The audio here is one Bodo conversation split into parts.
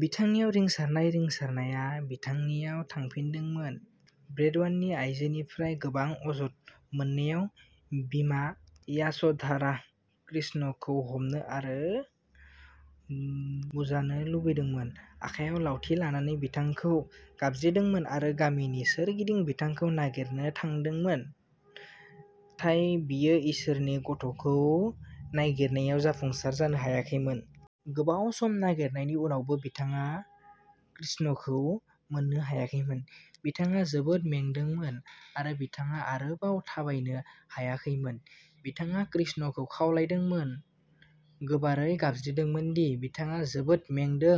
बिथांनियाव रिंसारनाय। रिंसारनाया बिथांनियाव थांफिनदोंमोन। ब्रिडवाननि आइजोफोरनिफ्राय गोबां अजद मोननायाव बिमा यास'धारा कृष्णखौ हमनो आरो बुजानो लुबैदोंमोन। आखायाव लावथि लानानै बिथांखौ गाबज्रिदोंमोन आरो गामिनि सोरगिदिं बिथांखौ नागिरनो थांदोंमोन। नाथाय बियो इसोरानि गथ'खौ नागिरनायाव जाफुंसार जानो हायाखैमोन। गोबाव सम नागिरनायनि उनावबो बिथाङा कृष्णखौ मोननो हायाखैमोन। बिथाङा जोबोद मेंदोंमोन आरो बिथाङा आरोबाव थाबायनो हायाखैमोन। बिथाङा कृष्णखौ खावलायदोंमोन गोबारै गाबज्रिदोंमोन दि बिथाङा जोबोद मेंदों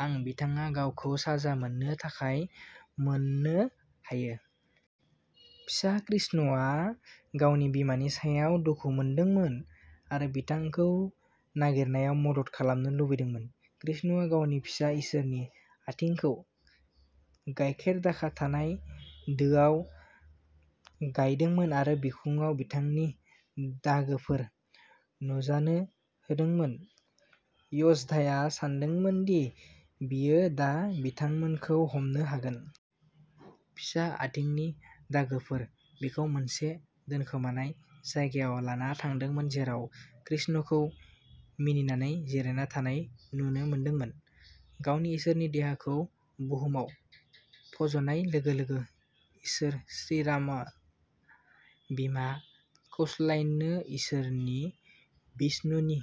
आं बिथाङा गावखौ साजा मोननो थाखाय मोननो हायो। फिसा कृष्णआ गावनि बिमानि सायाव दुखु मोनदोंमोन आरो बिथांखौ नागिरनायाव मदद खालामनो लुबैदोंमोन। कृष्णआ गावनि फिसा इसोरानि आथिंखौ गाइखेरदाखा थानाय दोआव गायदोंमोन आरो बिखुंआव बिथांनि दागोफोर नुजानो होदोंमोन। यश'धाया सानदोंमोन दि बियो दा बिथांखौ हमनो हागोन। फिसा आथिंनि दागोफोर बिखौ मोनसे दोनखोमानाय जायगायाव लाना थांदोंमोन जेराव कृष्णखौ मिनिनानै जिरायना थानाय नुनो मोनदोंमोन। गावनि इसोरारि देहाखौ बुहुमाव फज'नाय लोगो लोगो इसोर श्रीरामआ बिमा कौसल्यनो इसोरारि बिष्णुनि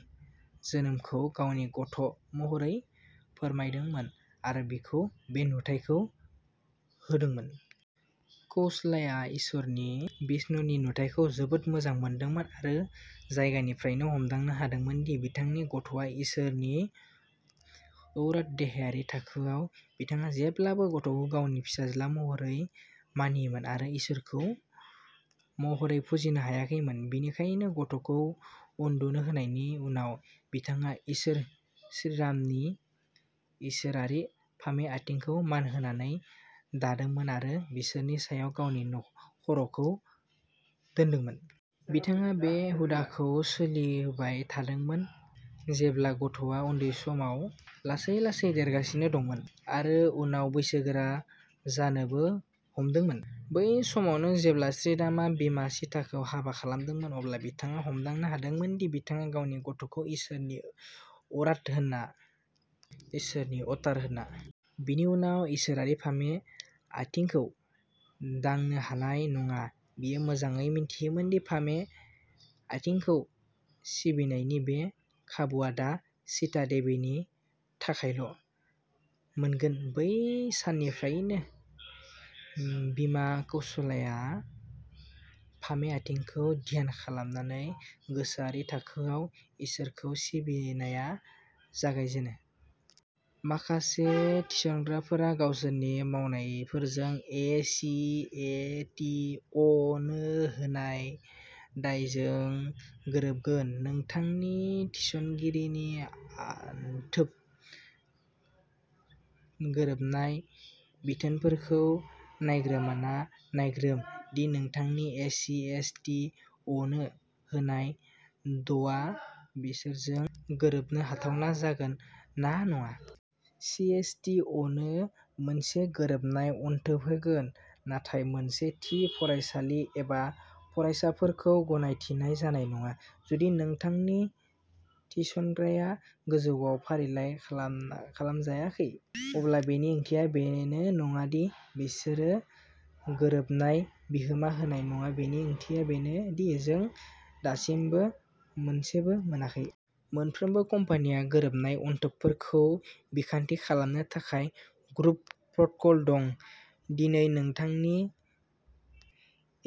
जोनोमखौ गावनि गथ' महरै फोरमायदोंमोन आरो बिखौ बे नुथायखौ होदोंमोन। कौसल्यआ इसोरारि बिष्णुनि नुथायखौ जोबोद मोजां मोनदोंमोन आरो जायगानिफ्रायनो हमदांनो हादोंमोन दि बिथांनि गथ'आ इसोरनि अवतार। देहायारि थाखोआव बिथाङा जेब्लाबो गथ'खौ गावनि फिसाज्ला महरै मानियोमोन आरो इसोर महरै फुजिनो हायाखैमोन। बेनिखायनो गथ'खौ उन्दुनो होनायनि उनाव बिथाङा इसोर श्रीरामनि इसोरारि फामे आथिंखौ मान होनानै दादोंमोन आरो बिसोरनि सायाव गावनि खर'खौ दोनदोंमोन। बिथाङा बे हुदाखौ सोलिहोबाय थादोंमोन जेब्ला गथ'आ उन्दै समाव लासै लासै देरगासिनो दंमोन आरो उनाव बैसोगोरा जानोबो हमदोंमोन। बै सानावनो जेब्ला श्रीरामआ बिमा सीताखौ हाबा खालामदोंमोन, अब्ला बिथाङा हमदांनो हादोंमोन दि बिथाङा गावनि गथ'खौ इसोरनि अराता होनना इसोरनि अवतार होनना। बेनि उनाव इसोरारि फामे आथिंखौ दांनो हानाय नङा। बियो मोजाङै मिथियोमोन दि फामे आथिंखौ सिबिनायनि बे खाबुआ दा सीता देवीनि थाखायल' मोनगोन। बै साननिफ्राय बिमा कौसल्याया फामे आथिंखौ ध्यान खालामनानै गोसोआरि थाखोआव इसोरखौ सिबिनाया जागायजेनो। माखासे थिसनग्राफोरा गावसोरनि मावनायफोरजों ए सि ए टि अ नो होनाय दायजों गोरोबगोन। नोंथांनि थिसनगिरिनि आनथोब गोरोबनाय बिथोनफोरखौ नायग्रोमना नायग्रोम दि नोंथांनि ए C S T a no होनाय द'आ बिसोरजों गोरोबनो हाथावना जागोन ना नङा। C S T a no मोनसे गोरोबनाय अनथोब होगोन, नाथाय मोनसे थि फरायसालि एबा फरायसाफोरखौ गनायथिनाय जानाय नङा। जुदि नोंथांनि थिसनग्राया गोजौआव फारिलाइ खालाम खालामजायाखै, अब्ला बेनि ओंथिया बेनो नङा दि बिसोरो गोरोबनाय बिहोमा होनाय नङा बेनि ओंथिया बेनो दि जों दासिमबो मोनसे मोनाखै। मोनफ्रोमबो कम्पानिहा गोरोबनाय अनथोबफोरखौ बिखान्थि खालामनो थाखाय गुरुप प्रट'कल दं। दिनै नोंथांनि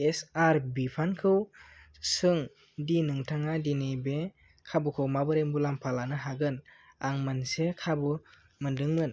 एच आर बिफानखौ सों दि नोंथाङा दिनै बे खाबुखौ माबोरै मुलाम्फा लानो हागोन। आं मोनसे खाबु मोनदोंमोन।